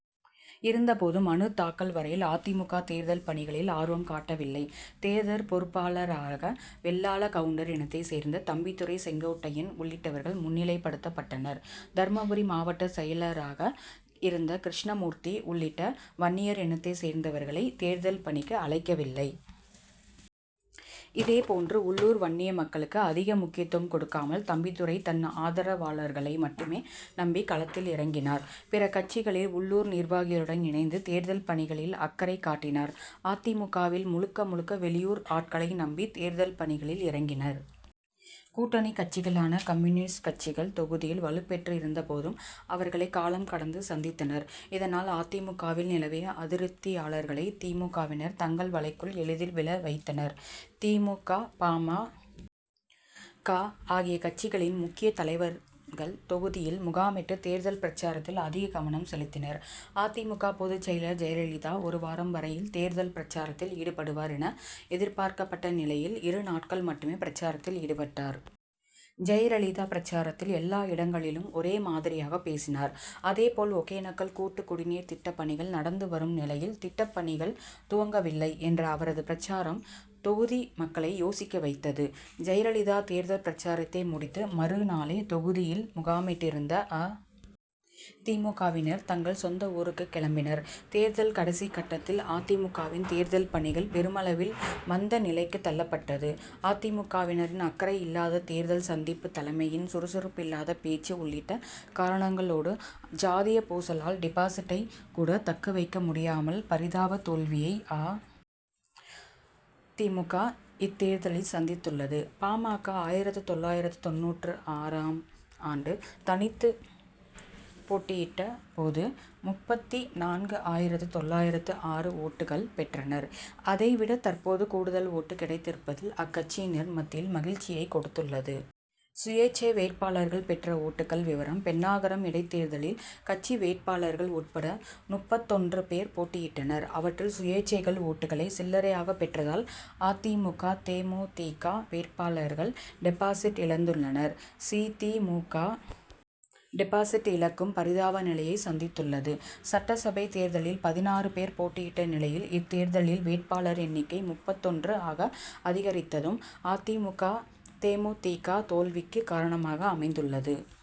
இருந்த போதும் மனு தாக்கல் வரையில் அ. தி. மு. க. தேர்தல் பணிகளில் ஆர்வம் காட்டவில்லை. தேர்தல் பொறுப்பாளராக வெள்ளாள கவுண்டர் இனத்தைச் சேர்ந்த தம்பிதுரை செங்கோட்டையன் உள்ளிட்டவர்கள் முன்னிலைப்படுத்தப்பட்டனர். தர்மபுரி மாவட்ட செயலராக இருந்த கிருஷ்ணமூர்த்தி உள்ளிட்ட வன்னியர் இனத்தைச் சேர்ந்தவர்களை தேர்தல் பணிக்கு அழைக்கவில்லை. இதே போன்று உள்ளூர் வன்னிய மக்களுக்கு அதிக முக்கியத்துவம் கொடுக்காமல் தம்பிதுரை தன் ஆதரவாளர்களை மட்டுமே நம்பி களத்தில் இறங்கினார். பிற கட்சிகளில் உள்ளூர் நிர்வாகிகளுடன் இணைந்து தேர்தல் பணிகளில் அக்கறை காட்டினர். அ. தி. மு. க.வில் முழுக்க முழுக்க வெளியூர் ஆட்களை நம்பி தேர்தல் பணிகளில் இறங்கினர். கூட்டணி கட்சிகளான கம்யூனிஸ்ட் கட்சிகள் தொகுதியில் வலு பெற்று இருந்த போதும் அவர்களை காலம் கடந்து சந்தித்தனர். இதனால் அ. தி. மு. க.வில் நிலவிய அதிருப்தியாளர்களை தி. மு. க.வினர் தங்கள் வலைக்குள் எளிதில் விழ வைத்தனர். தி. மு. க. பா. ம. க. ஆகிய கட்சிகளின் முக்கிய தலைவர்கள் தொகுதியில் முகாமிட்டு தேர்தல் பிரசாரத்தில் அதிக கவனம் செலுத்தினர். அ. தி. மு. க. பொதுச் செயலர் ஜெயலலிதா ஒரு வாரம் வரையில் தேர்தல் பிரசாரத்தில் ஈடுபடுவார் என எதிர்பார்க்கப்பட்ட நிலையில் இரு நாட்கள் மட்டுமே பிரசாரத்தில் ஈடுபட்டார். ஜெயலலிதா பிரசாரத்தில் எல்லா இடங்களிலும் ஒரே மாதிரியாக பேசினார். அதே போல் ஒகேனக்கல் கூட்டுக் குடிநீர் திட்ட பணிகள் நடந்து வரும் நிலையில் திட்டப்பணிகள் துவங்கவில்லை என்ற அவரது பிரசாரம் தொகுதி மக்களை யோசிக்க வைத்தது. ஜெயலலிதா தேர்தல் பிரசாரத்தை முடித்த மறு நாளே தொகுதியில் முகாமிட்டிருந்த அ. தி. மு. க.,வினர் தங்கள் சொந்த ஊருக்கு கிளம்பினர். தேர்தல் கடைசி கட்டத்தில் அ. தி. மு. க.வின் தேர்தல் பணிகள் பெருமளவில் மந்த நிலைக்கு தள்ளப்பட்டது. அ. தி. மு. க.வினரின் அக்கறையில்லாத தேர்தல் சந்திப்பு தலைமையின் சுறுசுறுப்பில்லாத பேச்சு உள்ளிட்ட காரணங்களோடு ஜாதிய பூசலால் டிபாசிட்டை கூட தக்கவைக்க முடியாமல் பரிதாப தோல்வியை அ. தி. மு. க. இத்தேர்தலில் சந்தித்துள்ளது. பா. ம. க. ஆயிரத்து தொள்ளாயிரத்து தொண்ணூற்று ஆறு ஆம் ஆண்டு தனித்து போட்டியிட்ட போது முப்பத்திநான்கு ஆயிரத்து தொள்ளாயிரத்து ஆறு ஓட்டுக்கள் பெற்றனர். அதை விட தற்போது கூடுதல் ஓட்டு கிடைத்திருப்பது அக்கட்சியினர் மத்தியில் மகிழ்ச்சியை கொடுத்துள்ளது. சுயேச்சை வேட்பாளர்கள் பெற்ற ஓட்டுக்கள் விவரம் பென்னாகரம் இடைத்தேர்தலில் கட்சி வேட்பாளர்கள் உட்பட முப்பத்தொன்று பேர் போட்டியிட்டனர். அவற்றில் சுயேச்சைகள் ஓட்டுக்களை சில்லரையாக பெற்றதால் அ. தி. மு. க. தே. மு. தி. க. வேட்பாளர்கள் டிபாசிட் இழந்துள்ளனர். சி. தி. மு. க. டிபாசிட் இழக்கும் பரிதாப நிலையை சந்தித்துள்ளது. சட்டசபை தேர்தலில் பதினாறு பேர் போட்டியிட்ட நிலையில் இத்தேர்தலில் வேட்பாளர் எண்ணிக்கை முப்பத்தொன்று ஆக அதிகரித்ததும் அ. தி. மு. க. தே. மு. தி. க. தோல்விக்கு காரணமாக அமைந்துள்ளது.